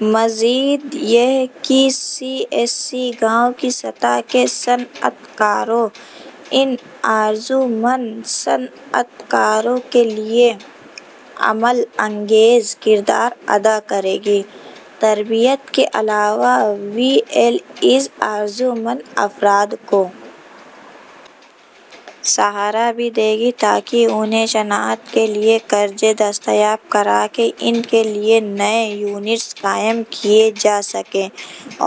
مزید یہ کہ سی ایس سی گاؤں کی سطح کے صنعت کاروں ان آرزومند صنعت کاروں کے لیے عمل انگیز کردار ادا کرے گی تربیت کے علاوہ وی ایل ایز آرزومند افراد کو سہارا بھی دیں گی تاکہ انہیں صنعت کے لیے قرضے دستیاب کرا کے ان کے لیے نئے یونٹس قائم کیے جا سکیں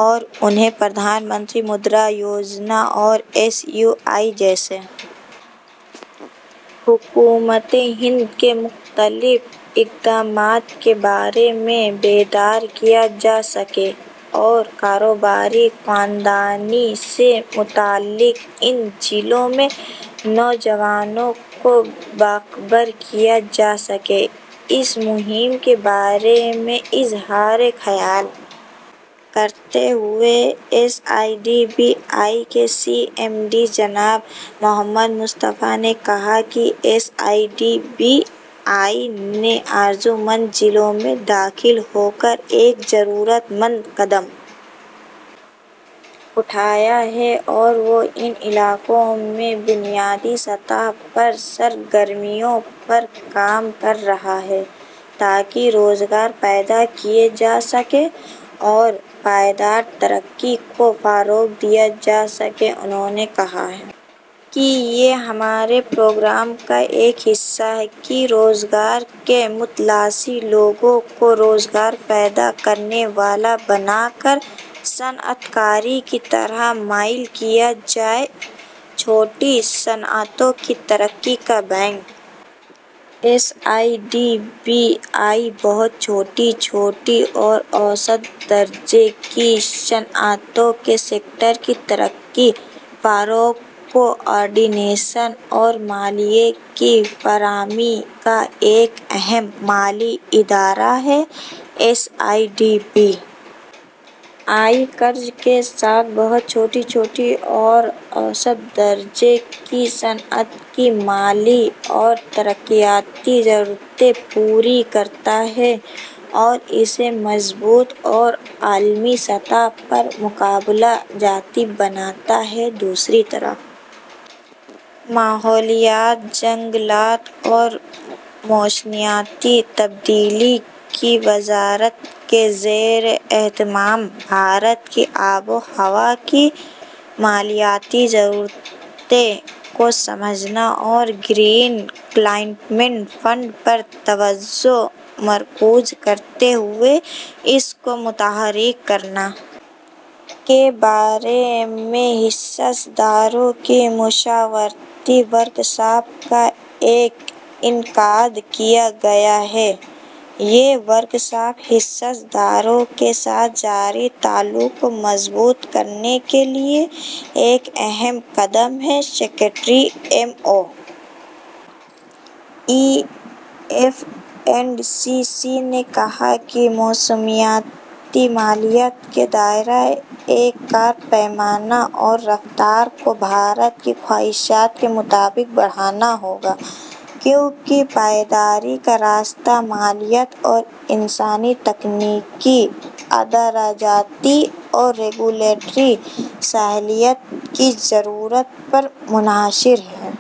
اور انہیں پردھان منتری مدرا یوجنا اور ایس یو آئی جیسے حکومت ہند کے مختلف اقدامات کے بارے میں بیدار کیا جا سکے اور کاروباری خواندگی سے متعلق ان ضلعوں میں نوجوانوں کو باخبر کیا جا سکے اس مہم کے بارے میں اظہار خیال کرتے ہوئے S I D B I کے سی ایم ڈی جناب محمد مصطفیٰ نے کہا کہ S I D B I نے آرزومند ضلعوں میں داخل ہو کر ایک جرات مندانہ قدم اٹھایا ہے اور وہ ان علاقوں میں بنیادی سطح پر سرگرمیوں پر کام کر رہا ہے تاکہ روزگار پیدا کیے جا سکیں اور پائیدار ترقی کو فروغ دیا جا سکے انہوں نے کہا کہ یہ ہمارے پروگرام کا ایک حصہ ہے کہ روزگار کے متلاشی لوگوں کو روزگار پیدا کرنے والا بنا کر صنعت کاری کی طرف مائل کیا جائے چھوٹی صنعتوں کی ترقی کا bank S I D B I بہت چھوٹی چھوٹی اور اوسط درجے کی صنعتوں کے سیکٹر کی ترقی فروغ کوآرڈینیشن اور مالیے کی فراہمی کا ایک اہم مالی ادارہ ہے S I D B I قرض کے ساتھ بہت چھوٹی چھوٹی اور اوسط درجے کی صنعت کی مالی اور ترقیاتی ضرورتیں پوری کرتا ہے اور اسے مضبوط اور عالمی سطح پر مقابلہ جاتی بناتا ہے دوسری طرف ماحولیات جنگلات اور موسمیاتی تبدیلی کی وزارت کے زیر اہتمام بھارت کی آب و ہوا کی مالیاتی ضرورتوں کو سمجھنا اور گرین کلائمیٹ فنڈ پر توجہ مرکوز کرتے ہوئے اس کو متحرک کرنا کے بارے میں حصص داروں کی مشاورتی ورکشاپ کا انعقاد کیا گیا ہے یہ ورکشاپ حصص داروں کے ساتھ جاری تعلق کو مضبوط کرنے کے لیے ایک اہم قدم ہے secretary M O E F and C C نے کہا کہ موسمیاتی مالیات کے دائرہ کار پیمانہ اور رفتار کو بھارت کی خواہشات کے مطابق بڑھانا ہوگا کیونکہ پائیداری کا راستہ مالیات اور انسانی تکنیکی ادارہ جاتی اور ریگولیٹری صلاحیت کی ضرورت پر منحصر ہے